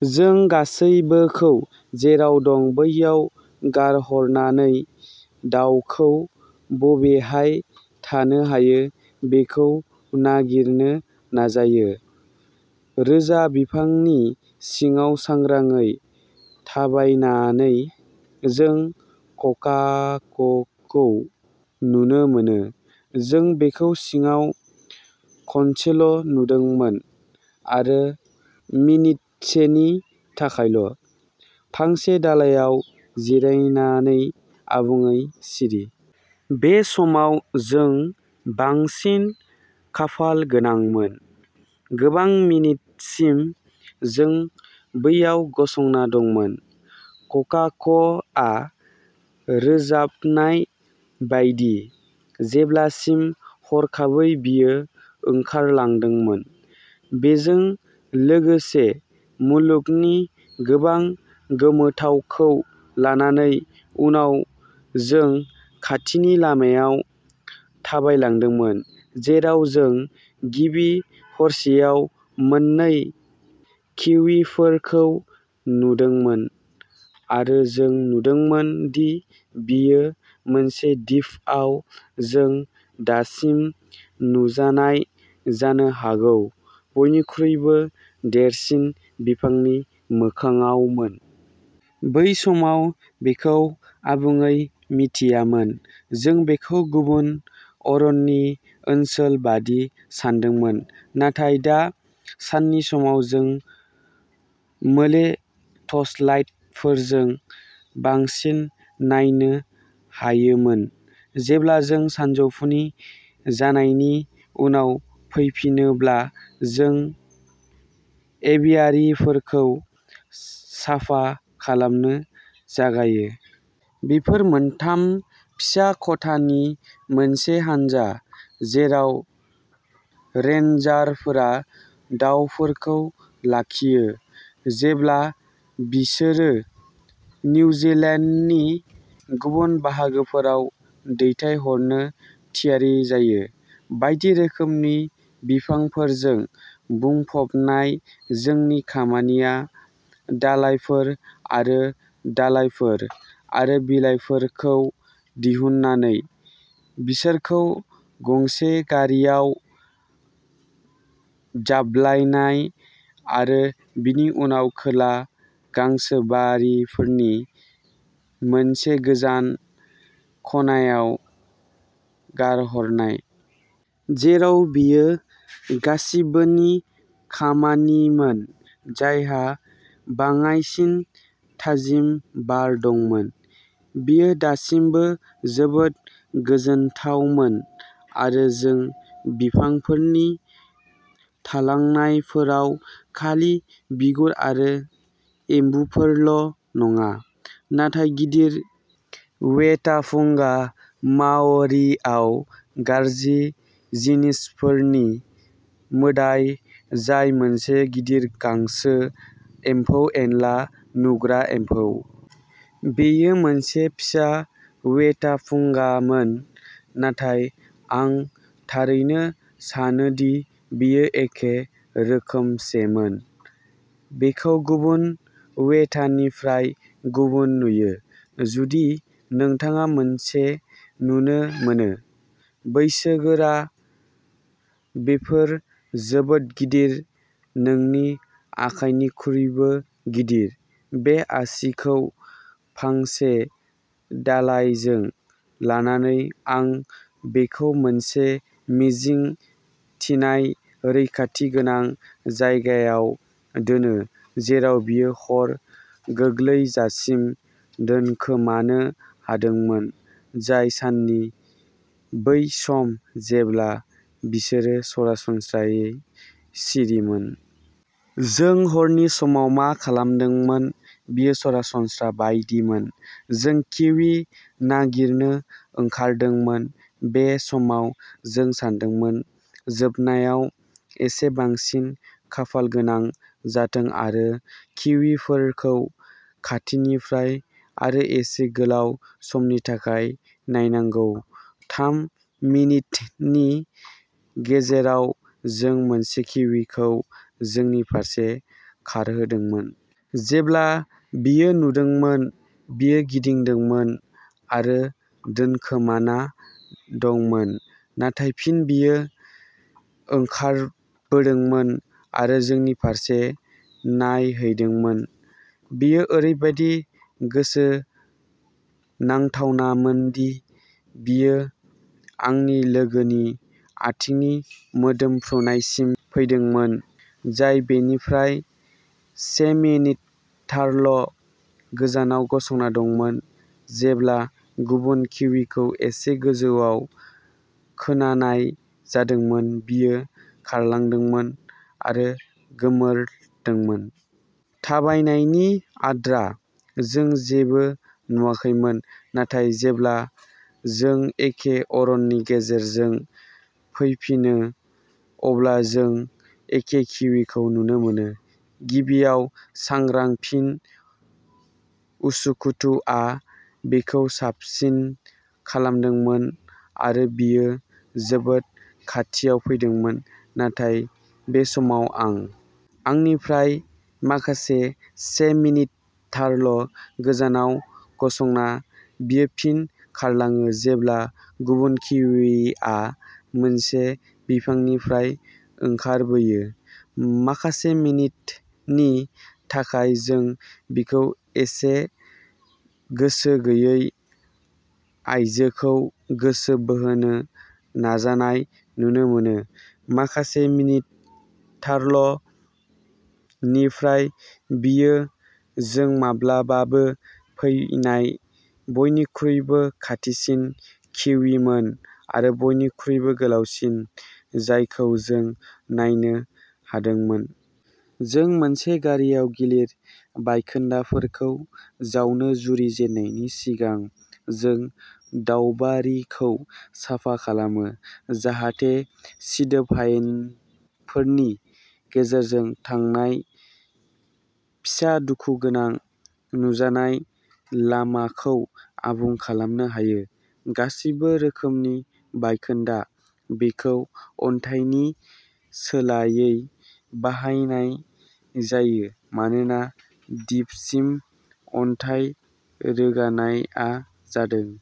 जों गासैबोखौ जेराव दं बैयाव गारहरनानै दावखौ बबेहाय थानो हायो बेखौ नागिरनो नाजायो। रोजा बिफांनि सिङाव सांग्राङै थाबायनानै, जों ककाक'खौ नुनो मोनो। जों बेखौ सिङाव खनसेल' नुदोंमोन आरो मिनितसेनि थाखायल', फांसे दालाइआव जिरायनानै, आबुङै सिरि। बे समाव जों बांसिन खाफाल गोनांमोन। गोबां मिनिटसिम जों बैयाव गसंना दंमोन, ककाक'आ रोजाबनाय बायदि, जेब्लासिम हरखाबै बेयो ओंखारलांदोंमोन, बेजों लोगोसे मुलुगनि गोबां गोमोथावखौ लानानै। उनाव जों खाथिनि लामायाव थाबायलांदोंमोन, जेराव जों गिबि हरसेयाव मोननै किविफोरखौ नुदोंमोन आरो जों नुदोंमोन दि बेयो मोनसे दिपआव जों दासिम नुजानाय जानो हागौ बयनिख्रुइबो देरसिन बिफांनि मोखाङावमोन। बै समाव बेखौ आबुङै मिथियामोन, जों बेखौ गुबुन अरननि ओनसोल बादि सान्दोंमोन, नाथाय दा साननि समाव जों मोले टर्चलाइटफोरजों बांसिन नायनो हायोमोन। जेब्ला जों सानजौफुनि जानायनि उनाव फैफिनोब्ला जों एभियारिफोरखौ साफा खालामनो जागायो। बेफोर मोनथाम फिसा खथानि मोनसे हानजा जेराव रेन्जारफोरा दाउफोरखौ लाखियो जेब्ला बिसोरो निउजिलेन्डनि गुबुन बाहागोफोराव दैथायहरनो थियारि जायो। बायदि रोखोमनि बिफांफोरजों बुंफबनाय, जोंनि खामानिया दालाइफोर आरो दालाइफोर आरो बिलाइफोरखौ दिहुननानै, बिसोरखौ गंसे गारिआव जाब्लायनाय आरो बेनि उनाव खोला गांसोबारिफोरनि मोनसे गोजान खनायाव गारहरनाय। जेरावबो बेयो गासिबोनि खामानिमोन जायहा बाङायसिन थाजिम बार दंमोन, बेयो दासिमबो जोबोद गोजोनथावमोन आरो जों बिफांफोरनि थालांनायफोराव खालि बिगुर आरो एम्बुफोरल' नङा, नाथाय गिदिर वेटापुंगा-माओरीआव "गाज्रि जिनिसफोरनि मोदाइ", जाय मोनसे गिदिर गांसो, एम्फौ-एनला नुग्रा एम्फौ। बेयो मोनसे फिसा वेटापुंगामोन, नाथाय आं थारैनो सानोदि बेयो एखे रोखोमसेमोन। बेखौ गुबुन वेटानिफ्राय गुबुन नुयो। जुदि नोंथाङा मोनसे नुनो मोनो। बैसोगोरा, बेफोर जोबोद गिदिर नोंनि आखाइनिख्रुइबो गिदिर> बे आसिखौ फांसे दालाइजों लानानै, आं बेखौ मोनसे मिजिं थिनाय रैखाथि गोनां जायगायाव दोनो, जेराव बेयो हर गोग्लैजासिम दोनखोमानो हादोंमोन, जाय साननि बै सम जेब्ला बिसोरो सरासनस्रायै सिरिमोन। जों हरनि समाव मा खालामदोंमोन, बेयो सरासनस्रा बायदिमोन, जों किवी नागिरनो ओंखारदोंमोन। बे समाव, जों सानदोंमोन, जोबनायाव एसे बांसिन खाफालगोनां जाथों आरो किवीफोरखौ खाथिनिफ्राय आरो एसे गोलाव समनि थाखाय नायनांगौ। थाम मिनिटनि गेजेराव, जों मोनसे किवीखौ जोंनि फारसे खारहोदोंमोन। जेब्ला बेयो नुदोंमोन, बेयो गिदोंमोन आरो दोनखोमाना दंमोन, नाथाय फिन बेयो ओंखारबोदोंमोन आरो जोंनि फारसे नायहैदोंमोन। बेयो ओरैबादि गोसोनांथावनामोनदि बेयो आंनि लोगोनि आथिंनि मोदोमफ्रुनायसिम फैदोंमोन, जाय बेनिफ्राय सेमिनिटारल' गोजानाव गसंना दंमोन। जेब्ला गुबुन किवीखौ एसे गोजौआव खोनानाय जादोंमोन, बेयो खारलांदोंमोन आरो गोमोरदोंमोन। थाबायनायनि आद्रा, जों जेबो नुवाखैमोन, नाथाय जेब्ला जों एखे अरननि गेजेरजों फैफिनो, अब्ला जों एखे किवीखौ नुनो मोनो। गिबियाव सांग्रां, फिन उसुखुथुआ बेखौ साबसिन खालामदोंमोन आरो बेयो जोबोद खाथियाव फैदोंमोन, नाथाय बे समाव आं। आंनिफ्राय माखासे सेन्टिमिटारल'गोजानाव गसंना, बेयो फिन खारलाङो जेब्ला गुबुन किवीआ मोनसे बिफांनिफ्राय ओंखारबोयो। माखासे मिनिटनि थाखाय जों बिखौ एसे गोसो गैयै आइजोखौ गोसो बोहोनो नाजानाय नुनो मोनो। माखासे मिनिटारल'निफ्राय बेयो जों माब्लाबाबो फैनाय बयनिख्रुइबो खाथिसिन किवीमोन आरो बयनिख्रुइबो गोलावसिन जायखौ जों नायनो हादोंमोन। जों मोनसे गारिआव गिलिर बायखोन्दाफोरखौ जावनो जुरिजेननायनि सिगां जों दावबारिखौ साफा खालामो, जाहाथे सिदोब हायेनफोरनि गेजेरजों थांनाय फिसा दुखुगोनां नुजानाय लामाखौ आबुं खालामनो हायो। गासैबो रोखोमनि बायखोन्दा, बेखौ अन्थाइनि सोलायै बाहायनाय जायो मानोना दिपसिम अन्थाइ रोगानायआ जादों।